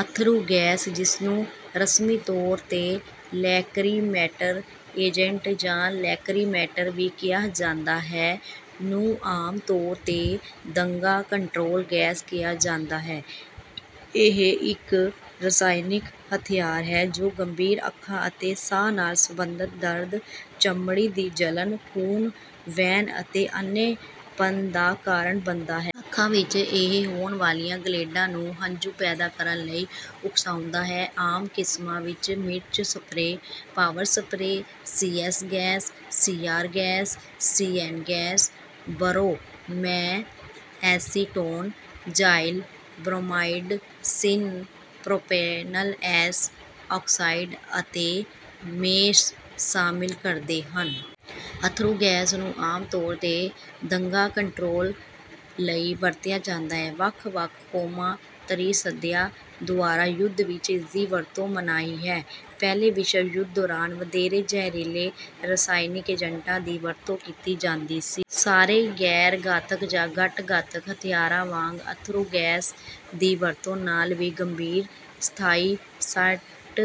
ਅੱਥਰੂ ਗੈਸ, ਜਿਸਨੂੰ ਰਸਮੀ ਤੌਰ ਤੇ ਲੈਕਰੀਮੇਟਰ ਏਜੰਟ ਜਾਂ ਲੈਕਰੀਮੇਟਰ ਵੀ ਕਿਹਾ ਜਾਂਦਾ ਹੈ, ਨੂੰ ਆਮ ਤੌਰ ਤੇ ਦੰਗਾ ਕੰਟਰੋਲ ਗੈਸ ਕਿਹਾ ਜਾਂਦਾ ਹੈ। ਇਹ ਇੱਕ ਰਸਾਇਣਕ ਹਥਿਆਰ ਹੈ ਜੋ ਗੰਭੀਰ ਅੱਖਾਂ ਅਤੇ ਸਾਹ ਨਾਲ ਸੰਬੰਧਤ ਦਰਦ, ਚਮੜੀ ਦੀ ਜਲਣ, ਖੂਨ ਵਹਿਣ ਅਤੇ ਅੰਨ੍ਹੇਪਣ ਦਾ ਕਾਰਨ ਬਣਦਾ ਹੈ। ਅੱਖਾਂ ਵਿੱਚ ਇਹ ਹੋਣ ਵਾਲੀਆਂ ਗਲੈਂਡਾਂ ਨੂੰ ਹੰਝੂ ਪੈਦਾ ਕਰਨ ਲਈ ਉਕਸਾਉਂਦਾ ਹੈ। ਆਮ ਕਿਸਮਾਂ ਵਿੱਚ ਮਿਰਚ spray, power spray, CS. Gas, CR. Gas, CN. Gas, bromoacetone, xylyl bromide, syn propanal S oxide ਅਤੇ ਮੇਸ ਸ਼ਾਮਲ ਹਨ। ਅੱਥਰੂ ਗੈਸ ਨੂੰ ਆਮ ਤੌਰ ਤੇ ਦੰਗਾ ਕੰਟਰੋਲ ਲਈ ਵਰਤਿਆ ਜਾਂਦਾ ਹੈ। ਵੱਖ-ਵੱਖ ਕੌਮਾਂਤਰੀ ਸੰਧੀਆਂ ਦੁਆਰਾ ਯੁੱਧ ਵਿੱਚ ਇਸਦੀ ਵਰਤੋਂ ਮਨਾਹੀ ਹੈ। ਪਹਿਲੇ ਵਿਸ਼ਵ ਯੁੱਧ ਦੌਰਾਨ ਵਧੇਰੇ ਜ਼ਹਿਰੀਲੇ ਰਸਾਇਣਕ ਏਜੰਟਾਂ ਦੀ ਵਰਤੋਂ ਕੀਤੀ ਜਾਂਦੀ ਸੀ। ਸਾਰੇ ਗੈਰ-ਘਾਤਕ ਜਾਂ ਘੱਟ-ਘਾਤਕ ਹਥਿਆਰਾਂ ਵਾਂਗ ਅੱਥਰੂ ਗੈਸ ਦੀ ਵਰਤੋਂ ਨਾਲ ਵੀ ਗੰਭੀਰ ਸਥਾਈ ਸੱਟ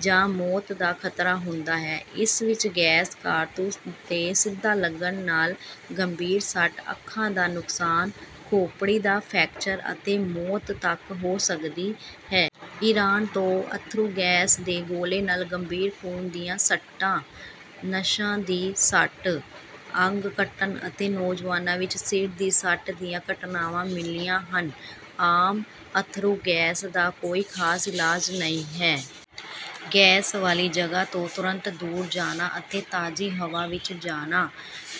ਜਾਂ ਮੌਤ ਦਾ ਖ਼ਤਰਾ ਹੁੰਦਾ ਹੈ। ਇਸ ਵਿੱਚ ਗੈਸ ਕਾਰਤੂਸ ਦੇ ਸਿੱਧਾ ਲੱਗਣ ਨਾਲ ਗੰਭੀਰ ਸੱਟ, ਅੱਖਾਂ ਦਾ ਨੁਕਸਾਨ, ਖੋਪੜੀ ਦਾ ਫ੍ਰੈਕਚਰ ਅਤੇ ਮੌਤ ਤੱਕ ਹੋ ਸਕਦੀ ਹੈ। ਇਰਾਨ ਤੋਂ ਅੱਥਰੂ ਗੈਸ ਦੇ ਗੋਲੇ ਨਾਲ ਗੰਭੀਰ ਖੂਨ ਦੀਆਂ ਸੱਟਾਂ, ਨਸਾਂ ਦੀ ਸੱਟ, ਅੰਗ ਕੱਟਣ ਅਤੇ ਨੌਜਵਾਨਾਂ ਵਿੱਚ ਸਿਰ ਦੀ ਸੱਟ ਦੀਆਂ ਘਟਨਾਵਾਂ ਮਿਲੀਆਂ ਹਨ। ਆਮ ਅੱਥਰੂ ਗੈਸਾਂ ਦਾ ਕੋਈ ਖਾਸ ਇਲਾਜ ਨਹੀਂ ਹੈ। ਗੈਸ ਵਾਲੀ ਜਗ੍ਹਾ ਤੋਂ ਤੁਰੰਤ ਦੂਰ ਜਾਣਾ ਅਤੇ ਤਾਜ਼ੀ ਹਵਾ ਵਿੱਚ ਜਾਣਾ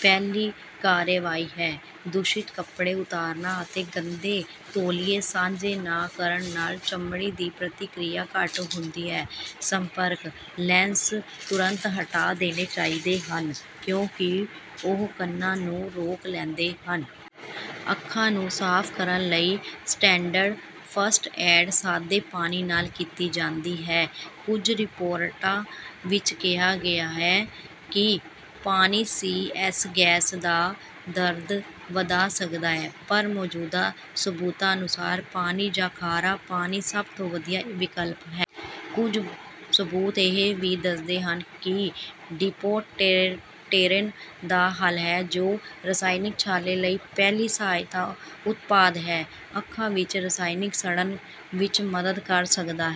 ਪਹਿਲੀ ਕਾਰਵਾਈ ਹੈ। ਦੂਸ਼ਿਤ ਕੱਪੜੇ ਉਤਾਰਨ ਅਤੇ ਗੰਦੇ ਤੌਲੀਏ ਸਾਂਝੇ ਨਾ ਕਰਨ ਨਾਲ ਚਮੜੀ ਦੀ ਪ੍ਰਤੀਕਿਰਿਆ ਘੱਟ ਹੁੰਦੀ ਹੈ। ਸੰਪਰਕ ਲੈਂਸ ਤੁਰੰਤ ਹਟਾ ਦੇਣੇ ਚਾਹੀਦੇ ਹਨ ਕਿਉਂਕਿ ਉਹ ਕਣਾਂ ਨੂੰ ਰੋਕ ਲੈਂਦੇ ਹਨ। ਅੱਖਾਂ ਨੂੰ ਸਾਫ਼ ਕਰਨ ਲਈ ਸਟੈਂਡਰਡ ਫਸਟ ਏਡ ਸਾਦੇ ਪਾਣੀ ਨਾਲ ਕੀਤੀ ਜਾਂਦੀ ਹੈ। ਕੁਝ ਰਿਪੋਰਟਾਂ ਵਿੱਚ ਕਿਹਾ ਗਿਆ ਹੈ ਕਿ ਪਾਣੀ ਸੀ.ਐਸ. ਗੈਸ ਦਾ ਦਰਦ ਵਧਾ ਸਕਦਾ ਹੈ, ਪਰ ਮੌਜੂਦਾ ਸਬੂਤਾਂ ਅਨੁਸਾਰ ਪਾਣੀ ਜਾਂ ਖਾਰਾ ਪਾਣੀ ਸਭ ਤੋਂ ਵਧੀਆ ਵਿਕਲਪ ਹੈ। ਕੁਝ ਸਬੂਤ ਇਹ ਵੀ ਦੱਸਦੇ ਹਨ ਕਿ ਡਿਪੋਟੇਰੇਨ ਦਾ ਹੱਲ, ਜੋ ਰਸਾਇਣਕ ਛਾਲੇ ਲਈ ਪਹਿਲੀ ਸਹਾਇਤਾ ਉਤਪਾਦ ਹੈ, ਅੱਖਾਂ ਵਿੱਚ ਰਸਾਇਣਕ ਸੜਨ ਵਿੱਚ ਮਦਦ ਕਰ ਸਕਦਾ